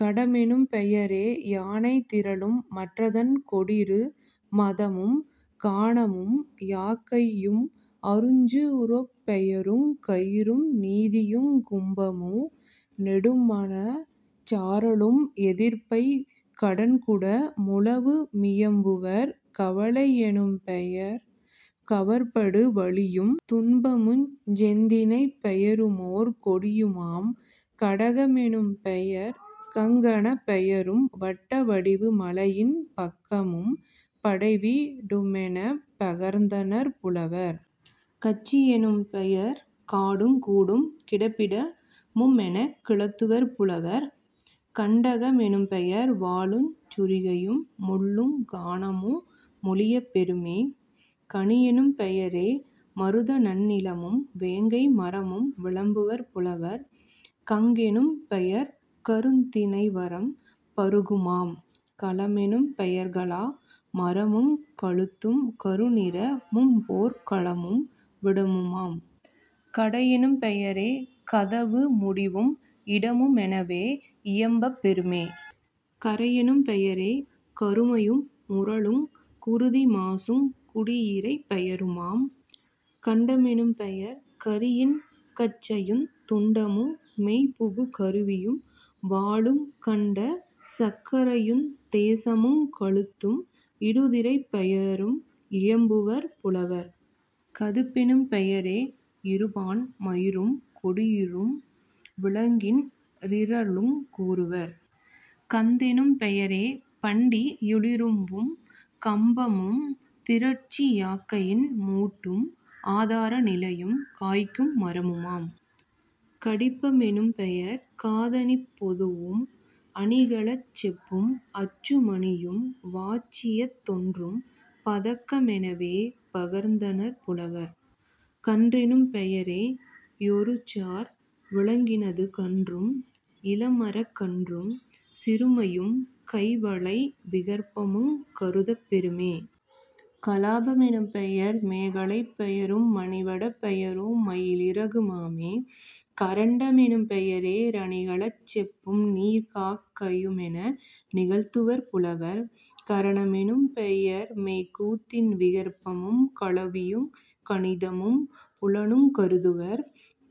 கடமெனும் பெயரே யானைத் திரளும் மற்றதன் கொடிறு மதமும் கானமும் யாக்கை யும்அருஞ் சுரப்பெயருங் கயிறும் நீதியுங் கும்பமு நெடுமநச் சாரலும் எதிர்ப்பை கடன்குட முழவு மியம்புவர்..... கவலை யெனும்பெயர் கவர்படு வழியும் துன்பமுஞ் செந்தினைப் பெயருமோர் கொடியுமாம்..... கடக மெனும்பெயர் கங்கணப் பெயரும் வட்ட வடிவு மலையின் பக்கமும் படைவீ டுமெனப் பகர்ந்தனர் புலவர்..... கட்சி யெனும்பெயர் காடுங் கூடும் கிடப்பிட முமெனக் கிளத்துவர் புலவர்..... கண்டக மெனும்பெயர் வாளுஞ் சுரிகையும் முள்ளுங் கானமு மொழியப் பெறுமே..... கணியெனும் பெயரே மருத நன்னிலமும் வேங்கை மரமும் விளம்புவர் புலவர்..... கங்கெனும் பெயர்கருந் தினைவரம் பருகுமாம்..... களமெனும் பெயர்களா மரமுங் கழுத்தும் கருநிற மும்போர்க் களமும் விடமுமாம்..... கடையெனும் பெயரே கதவு முடிவும் இடமு மெனவே யியம்பப் பெறுமே..... கறையெனும் பெயரே கருமையு முரலுங் குருதி மாசுங் குடியிறைப் பெயருமாம்..... கண்ட மெனும்பெயர் கரியின் கச்சையுந் துண்டமு மெய்புகு கருவியும் வாளுங் கண்ட சர்க்கரையுந் தேசமுங் கழுத்தும் இடுதிரைப் பெயரும் இயம்புவர் புலவர்..... கதுப்பெனும் பெயரே யிருபான் மயிரும் கொடிறும் விலங்கின் றிரளுங் கூறுவர்..... கந்தெனும் பெயரே பண்டி யுளிரும்பும் கம்பமும் திரட்சி யாக்கையின் மூட்டும் ஆதார நிலையும் காய்க்கு மரமுமாம்..... கடிப்ப மெனும்பெயர் காதணிப் பொதுவும் அணிகலச் செப்பும் அச்சு மணியும் வாச்சியத் தொன்றும் பதக்க மெனவே பகர்ந்தனர் புலவர்..... கன்றெனும் பெயரே யொருசார் விலங்கினது கன்றும் இளமரக் கன்றும் சிறுமையும் கைவளை விகற்பமுங் கருதப் பெறுமே..... கலாப மெனும்பெயர் மேகலைப் பெயரும் மணிவடப் பெயரு மயிலிறகு மாமே..... கரண்ட மெனும்பெய ரணிகலச் செப்பும் நீர்க்காக் கையுமென நிகழ்த்துவர் புலவர்..... கரண மெனும்பெயர் மெய்க்கூத்தின் விகற்பமும் கலவியுங் கணிதமும் புலனுங் கருதுவர்.....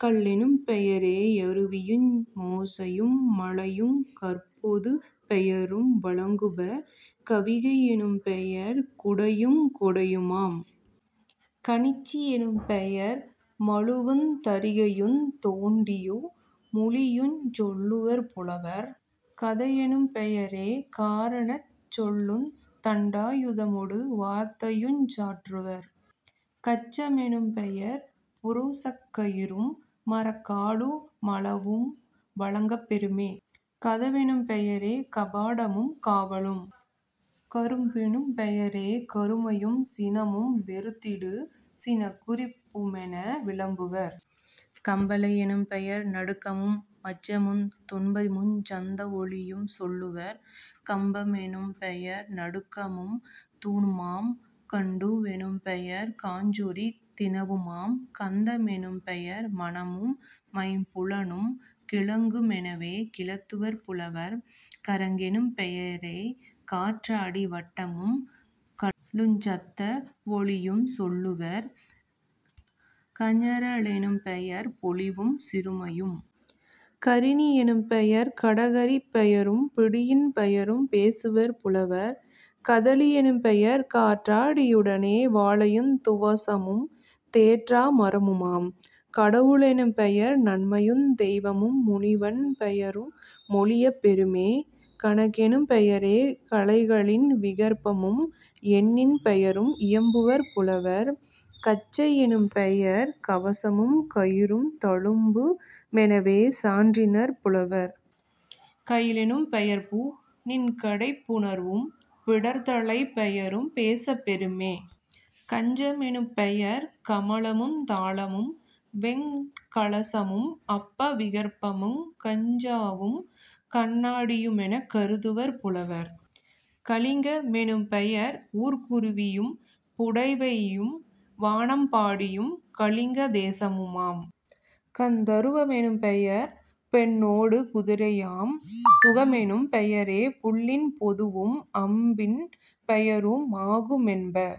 கல்லெனும் பெயரே யருவியு மோசையும் மலையுங் கற்பொதுப் பெயரும் வழங்குப..... கவிகை யெனும்பெயர் குடையுங் கொடையுமாம்..... கணிச்சி யெனும்பெயர் மழுவுந் தறிகையுந் தோட்டியு முளியுஞ் சொல்லுவர் புலவர்..... கதையெனும் பெயரே காரணச் சொல்லுந் தண்டா யுதமொடு வார்த்தையுஞ் சாற்றுவர்..... கச்ச மெனும்பெயர் புரோசக் கயிறும் மரக்காலு மளவும் வழங்கப் பெறுமே..... கதவெனும் பெயரே கபாடமும் காவலும்..... கறுப்பெனும் பெயரே கருமையும் சினமும் வெறுத்திடு சினக்குறிப் புமென விளம்புவர்..... கம்பலை யெனும்பெயர் நடுக்கமு மச்சமுந் துன்பமுஞ் சத்த வொலியுஞ் சொல்லுவர்..... கம்பம் எனும்பெயர் நடுக்கமும் தூணுமாம்..... கண்டூ வெனும்பெயர் காஞ்சொறி தினவுமாம்..... கந்த மெனும்பெயர் மணமு மைம்புலனும் கிழங்கு மெனவே கிளத்துவர் புலவர்..... கறங்கெனும் பெயரே காற்றாடி வட்டமும் கழலுஞ் சத்த வொலியும் சொல்லுவர்..... கஞற லெனும்பெயர் பொலிவும் சிறுமையும்..... கரிணி யெனும்பெயர் கடகரிப் பெயரும் பிடியின் பெயரும் பேசுவர் புலவர்..... கதலி யெனும்பெயர் காற்றா டியுடனே வாழையுந் துவசமும் தேற்றா மரமுமாம்..... கடவு ளெனும்பெயர் நன்மையுந் தெய்வமும் முனிவன் பெயரு மொழியப் பெறுமே..... கணக்கெனும் பெயரே கலைகளின் விகற்பமும் எண்ணின் பெயரும் இயம்புவர் புலவர்..... கச்சை யெனும்பெயர் கவசமும் கயிறும் தழும்பு மெனவே சாற்றினர் புலவர்..... கயிலெனும் பெயர்பூ ணின்கடைப் புணர்வும் பிடர்த்தலை பெயரும் பேசப் பெறுமே.... கஞ்ச மெனும்பெயர் கமலமுந் தாளமும் வெண்கலசமும் அப்ப விகற்பமுங் கஞ்சாவும் கண்ணா டியுமெனக் கருதுவர் புலவர்..... கலிங்க மெனும்பெயர் ஊர்க்குருவியும் புடைவையும் வானம் பாடியும் கலிங்க தேசமுமாம்..... கந்தருவ மெனும்பெயர் பெண்ணோடு குதிரையாம்..... சுகமெனும் பெயரே புள்ளின் பொதுவும் அம்பின் பெயரு மாகு மென்ப.